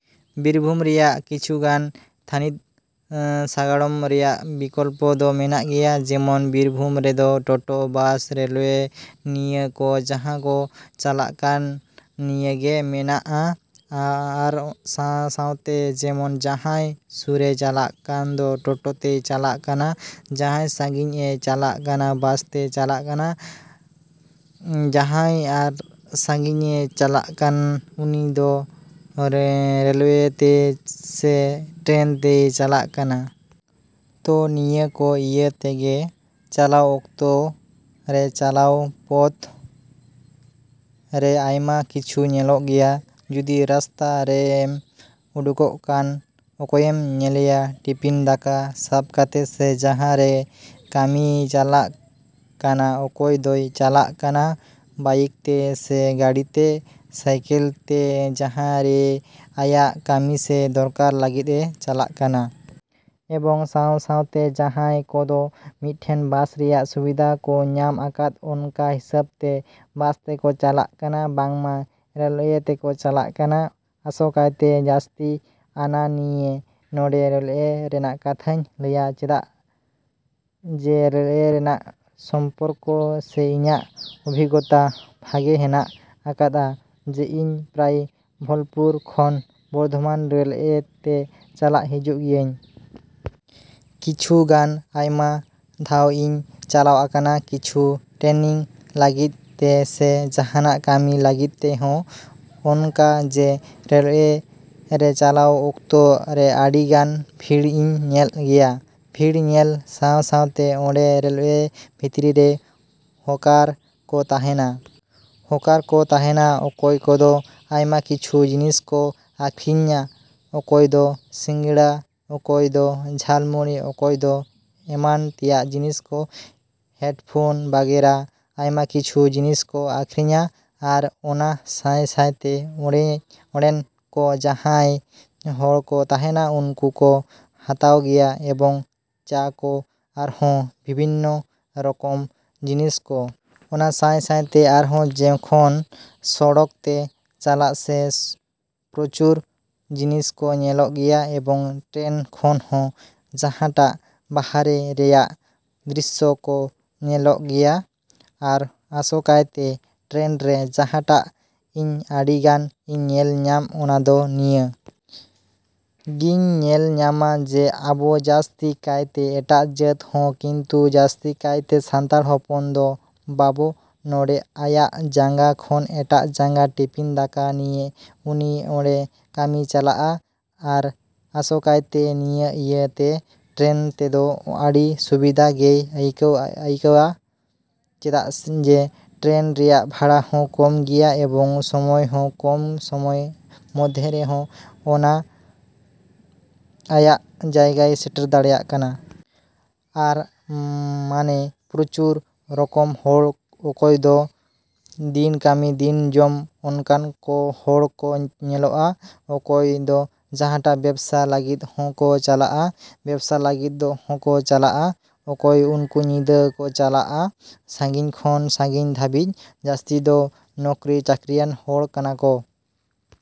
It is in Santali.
ᱵᱤᱨᱵᱷᱩᱢ ᱨᱮᱭᱟᱜ ᱠᱤᱪᱷᱩ ᱜᱟᱱ ᱛᱷᱟᱱᱤᱛ ᱥᱟᱜᱟᱲᱚᱢ ᱨᱮᱭᱟᱜ ᱵᱤᱠᱚᱞᱯᱚ ᱫᱚ ᱢᱮᱱᱟᱜ ᱜᱮᱭᱟ ᱡᱮᱢᱚᱱ ᱵᱤᱨᱵᱷᱩᱢ ᱨᱮᱫᱚ ᱴᱳᱴᱳ ᱵᱟᱥ ᱨᱮᱞᱳᱣᱮ ᱱᱤᱭᱟᱹ ᱠᱚ ᱡᱟᱦᱟᱸ ᱠᱚ ᱪᱟᱞᱟᱜ ᱠᱟᱱ ᱱᱤᱭᱟᱹᱜᱮ ᱢᱮᱱᱟᱜᱼᱟ᱾ ᱟᱨ ᱥᱟᱶ ᱥᱟᱶᱛᱮ ᱡᱮᱢᱚᱱ ᱡᱟᱦᱟᱸᱭ ᱥᱩᱨᱮ ᱪᱟᱞᱟᱜ ᱠᱟᱱ ᱫᱚ ᱴᱳᱴᱳ ᱛᱮᱭ ᱪᱟᱞᱟᱜ ᱠᱟᱱᱟ ᱡᱟᱦᱟᱸᱭ ᱥᱟᱹᱜᱤᱧᱮ ᱪᱟᱞᱟᱜ ᱠᱟᱱᱟ ᱵᱟᱥ ᱛᱮᱭ ᱪᱟᱞᱟᱜ ᱠᱟᱱᱟ ᱡᱟᱦᱟᱸᱭ ᱟᱨ ᱥᱟᱹᱜᱤᱧᱮ ᱪᱟᱞᱟᱜ ᱠᱟᱱ ᱩᱱᱤ ᱫᱚ ᱨᱮᱞᱳᱭᱮ ᱛᱮ ᱥᱮ ᱴᱨᱮᱱ ᱛᱮᱭ ᱪᱟᱞᱟᱜ ᱠᱟᱱᱟ᱾ ᱛᱚ ᱱᱤᱭᱟᱹ ᱠᱚ ᱤᱭᱟᱹ ᱛᱮᱜᱮ ᱪᱟᱞᱟᱣ ᱚᱠᱛᱚ ᱨᱮ ᱪᱟᱞᱟᱣ ᱯᱚᱫᱽ ᱨᱮ ᱟᱭᱢᱟ ᱠᱤᱪᱷᱩ ᱧᱮᱞᱚᱜ ᱜᱮᱭᱟ᱾ ᱡᱩᱫᱤ ᱨᱟᱥᱛᱟ ᱨᱮᱢ ᱳᱰᱩᱠᱚᱜ ᱠᱷᱟᱱ ᱚᱠᱚᱭᱮᱢ ᱧᱮᱞᱮᱭᱟ ᱴᱤᱯᱷᱤᱱ ᱫᱟᱠᱟ ᱥᱟᱵ ᱠᱟᱛᱮ ᱥᱮ ᱡᱟᱦᱟᱸ ᱨᱮ ᱠᱟᱹᱢᱤᱭ ᱪᱟᱞᱟᱜ ᱠᱟᱱᱟ ᱚᱠᱚᱭ ᱫᱚᱭ ᱪᱟᱞᱟᱜ ᱠᱟᱱᱟ ᱵᱟᱭᱤᱠ ᱛᱮ ᱥᱮ ᱜᱟᱹᱰᱤ ᱛᱮ ᱥᱟᱭᱠᱮᱹᱞ ᱛᱮ ᱡᱟᱦᱟᱸ ᱨᱮ ᱟᱭᱟᱜ ᱠᱟᱹᱢᱤ ᱥᱮ ᱫᱚᱨᱠᱟᱨ ᱞᱟᱹᱜᱤᱫ ᱮ ᱪᱟᱞᱟᱜ ᱠᱟᱱᱟ᱾ ᱮᱵᱚᱝ ᱥᱟᱶ ᱥᱟᱶᱛᱮ ᱡᱟᱦᱟᱸᱭ ᱠᱚᱫᱚ ᱢᱤᱫ ᱴᱮᱱ ᱵᱟᱥ ᱨᱮᱭᱟᱜ ᱥᱩᱵᱤᱫᱷᱟ ᱠᱚ ᱧᱟᱢ ᱟᱠᱟᱫ ᱚᱱᱠᱟ ᱦᱤᱥᱟᱹᱵᱽ ᱛᱮ ᱵᱟᱥ ᱛᱮᱠᱚ ᱪᱟᱞᱟᱜ ᱠᱟᱱᱟ ᱵᱟᱝᱢᱟ ᱨᱮᱞᱳᱣᱮ ᱛᱮᱠᱚ ᱪᱟᱞᱟᱜ ᱠᱟᱱᱟ᱾ ᱟᱥᱚᱠᱟᱭᱛᱮ ᱡᱟᱹᱥᱛᱤ ᱟᱱᱟ ᱱᱤᱭᱮ ᱱᱚᱸᱰᱮ ᱨᱮᱞᱳᱣᱮ ᱨᱮᱱᱟᱜ ᱠᱟᱛᱷᱟᱧ ᱞᱟᱹᱭᱟ ᱪᱮᱫᱟᱜ ᱡᱮ ᱨᱮᱞᱳᱣᱮ ᱨᱮᱱᱟᱜ ᱥᱚᱢᱯᱚᱨᱠᱚ ᱥᱮ ᱤᱧᱟᱜ ᱚᱵᱷᱤᱜᱽᱜᱚᱛᱟ ᱵᱷᱟᱜᱮ ᱦᱮᱱᱟᱜ ᱟᱠᱟᱫᱟ ᱡᱮ ᱤᱧ ᱯᱨᱟᱭ ᱵᱳᱞᱯᱩᱨ ᱠᱷᱚᱱ ᱵᱚᱨᱫᱚᱢᱟᱱ ᱨᱮᱞᱳᱣᱮ ᱛᱮ ᱪᱟᱞᱟᱜ ᱦᱤᱡᱩᱜ ᱜᱮᱭᱟᱹᱧ᱾ ᱠᱤᱪᱷᱩ ᱜᱟᱱ ᱟᱭᱢᱟ ᱫᱷᱟᱣ ᱤᱧ ᱪᱟᱞᱟᱣ ᱟᱠᱟᱱᱟ ᱠᱤᱪᱷᱩ ᱴᱨᱮᱱᱤᱝ ᱞᱟᱹᱜᱤᱫ ᱛᱮ ᱥᱮ ᱡᱟᱦᱟᱱᱟᱜ ᱠᱟᱹᱢᱤ ᱞᱟᱹᱜᱤᱫ ᱛᱮᱦᱚᱸ᱾ ᱚᱱᱠᱟ ᱡᱮ ᱨᱮᱞᱳᱣᱮ ᱨᱮ ᱪᱟᱞᱟᱣ ᱚᱠᱛᱚ ᱨᱮ ᱟᱹᱰᱤ ᱜᱟᱱ ᱵᱷᱤᱲ ᱤᱧ ᱧᱮᱞ ᱜᱮᱭᱟ᱾ ᱵᱷᱤᱲ ᱧᱮᱞ ᱥᱟᱶ ᱥᱟᱶᱛᱮ ᱚᱸᱰᱮ ᱨᱮᱞᱳᱣᱮ ᱵᱷᱤᱛᱨᱤ ᱨᱮ ᱦᱚᱠᱟᱨ ᱠᱚ ᱛᱟᱦᱮᱱᱟ᱾ ᱦᱚᱠᱟᱨ ᱠᱚ ᱛᱟᱦᱮᱱᱟ ᱚᱠᱚᱭ ᱠᱚᱫᱚ ᱟᱭᱢᱟ ᱠᱤᱪᱷᱩ ᱡᱤᱱᱤᱥ ᱠᱚ ᱟᱹᱠᱷᱨᱤᱧᱟ ᱚᱠᱚᱭ ᱫᱚ ᱥᱤᱸᱜᱟᱲᱟ ᱚᱠᱚᱭ ᱫᱚ ᱡᱷᱟᱞ ᱢᱩᱲᱤ ᱚᱠᱚᱭ ᱫᱚ ᱮᱢᱟᱱ ᱛᱮᱭᱟᱜ ᱡᱤᱱᱤᱥ ᱠᱚ ᱦᱮᱰᱯᱷᱳᱱ ᱵᱟᱜᱮᱨᱟ ᱟᱭᱢᱟ ᱠᱤᱪᱷᱩ ᱡᱤᱱᱤᱥ ᱠᱚ ᱟᱹᱠᱷᱨᱤᱧᱟ᱾ ᱟᱨ ᱚᱱᱟ ᱥᱟᱶ ᱥᱟᱶᱛᱮ ᱚᱸᱰᱮᱱ ᱠᱚ ᱡᱟᱦᱟᱸᱭ ᱦᱚᱲ ᱠᱚ ᱛᱟᱦᱮᱱᱟ ᱩᱱᱠᱩ ᱠᱚ ᱦᱟᱛᱟᱣ ᱜᱮᱭᱟ ᱮᱵᱚᱝ ᱪᱟ ᱠᱚ ᱟᱨᱦᱚᱸ ᱵᱤᱵᱷᱤᱱᱱᱚ ᱨᱚᱠᱚᱢ ᱡᱤᱱᱤᱥ ᱠᱚ᱾ ᱚᱱᱟ ᱥᱟᱶ ᱥᱟᱶᱛᱮ ᱟᱨᱦᱚᱸ ᱡᱮᱠᱷᱚᱱ ᱥᱚᱲᱚᱠ ᱛᱮ ᱪᱟᱞᱟᱜ ᱥᱮ ᱯᱨᱚᱪᱩᱨ ᱡᱤᱱᱤᱥ ᱠᱚ ᱧᱮᱞᱚᱜ ᱜᱮᱭᱟ ᱮᱵᱚᱝ ᱴᱨᱮᱱ ᱠᱷᱚᱱ ᱦᱚᱸ ᱡᱟᱦᱟᱸᱴᱟᱜ ᱵᱟᱨᱦᱮ ᱨᱮᱭᱟᱜ ᱫᱨᱤᱥᱥᱚ ᱠᱚ ᱧᱮᱞᱚᱜ ᱜᱮᱭᱟ᱾ ᱟᱨ ᱟᱥᱚ ᱠᱟᱭᱛᱮ ᱴᱨᱮᱱ ᱨᱮ ᱡᱟᱦᱟᱸᱴᱟᱜ ᱤᱧ ᱟᱹᱰᱤ ᱜᱟᱱ ᱤᱧ ᱧᱮᱞ ᱧᱟᱢ ᱚᱱᱟ ᱫᱚ ᱱᱤᱭᱟ. ᱜᱤᱧ ᱧᱮᱞ ᱧᱟᱢᱟ ᱡᱮ ᱟᱵᱚ ᱡᱟᱹᱥᱛᱤ ᱠᱟᱭᱛᱮ ᱮᱴᱟᱜ ᱡᱟᱹᱛ ᱦᱚᱸ ᱠᱤᱱᱛᱩ ᱡᱟᱹᱥᱛᱤ ᱠᱟᱭ ᱛᱮ ᱥᱟᱱᱛᱟᱲ ᱦᱚᱯᱚᱱ ᱫᱚ ᱵᱟᱵᱚ ᱱᱚᱰᱮ ᱟᱭᱟᱜ ᱡᱟᱸᱜᱟ ᱠᱷᱚᱱ ᱮᱴᱟᱜ ᱡᱟᱸᱜᱟ ᱴᱤᱯᱤᱱ ᱫᱟᱠᱟ ᱱᱤᱭᱮ ᱩᱱᱤ ᱚᱰᱮ ᱠᱟᱹᱢᱤᱭ ᱪᱟᱞᱟᱜᱼᱟ᱾ ᱟᱨ ᱟᱥᱚᱠᱟᱭᱛᱮ ᱱᱤᱭᱟᱹ ᱤᱭᱟᱹ ᱛᱮ ᱴᱨᱮᱱ ᱛᱮᱫᱚ ᱟᱹᱰᱤ ᱥᱩᱵᱤᱫᱟ ᱜᱮᱭ ᱟᱹᱭᱠᱟᱹᱣᱮᱭᱟ ᱪᱮᱫᱟᱜ ᱡᱮ ᱴᱨᱮᱱ ᱨᱮᱭᱟᱜ ᱵᱷᱟᱲᱟ ᱦᱚᱸ ᱠᱚᱢ ᱜᱮᱭᱟ ᱮᱵᱚᱝ ᱥᱳᱢᱳᱭ ᱦᱚᱸ ᱠᱚᱢ ᱥᱳᱢᱳᱭ ᱢᱚᱫᱽᱫᱷᱮ ᱨᱮᱦᱚᱸ ᱚᱱᱟ ᱟᱭᱟᱜ ᱡᱟᱭᱜᱟᱭ ᱥᱮᱴᱮᱨ ᱫᱟᱲᱮᱭᱟᱜ ᱠᱟᱱᱟ᱾ ᱟᱨ ᱢᱟᱱᱮ ᱯᱨᱚᱪᱩᱨ ᱨᱚᱠᱚᱢ ᱦᱚᱲ ᱚᱠᱚᱭ ᱫᱚ ᱫᱤᱱ ᱠᱟᱹᱢᱤ ᱫᱤᱱ ᱡᱚᱢ ᱚᱱᱠᱟᱱ ᱠᱚ ᱦᱚᱲ ᱠᱚ ᱧᱮᱞᱚᱜᱼᱟ ᱚᱠᱚᱭ ᱫᱚ ᱡᱟᱦᱟᱴᱟᱜ ᱵᱮᱵᱽᱥᱟ ᱞᱟᱹᱜᱤᱫ ᱦᱚᱸᱠᱚ ᱪᱟᱞᱟᱜᱼᱟ ᱵᱮᱵᱽᱥᱟ ᱞᱟᱹᱜᱤᱫ ᱦᱚᱠᱚ ᱪᱟᱞᱟᱜᱼᱟ ᱚᱠᱚᱭ ᱩᱱᱠᱩ ᱧᱤᱫᱟᱹ ᱠᱚ ᱪᱟᱞᱟᱜ-ᱟ ᱥᱟᱺᱜᱤᱧ ᱠᱷᱚᱱ ᱥᱟᱺᱜᱤᱧ ᱫᱷᱟᱵᱤᱡᱽ ᱡᱟᱥᱛᱤ ᱫᱚ ᱱᱩᱠᱨᱤ ᱪᱟᱠᱨᱤᱭᱟᱱ ᱦᱚᱲ ᱠᱟᱱᱟ ᱠᱚ᱾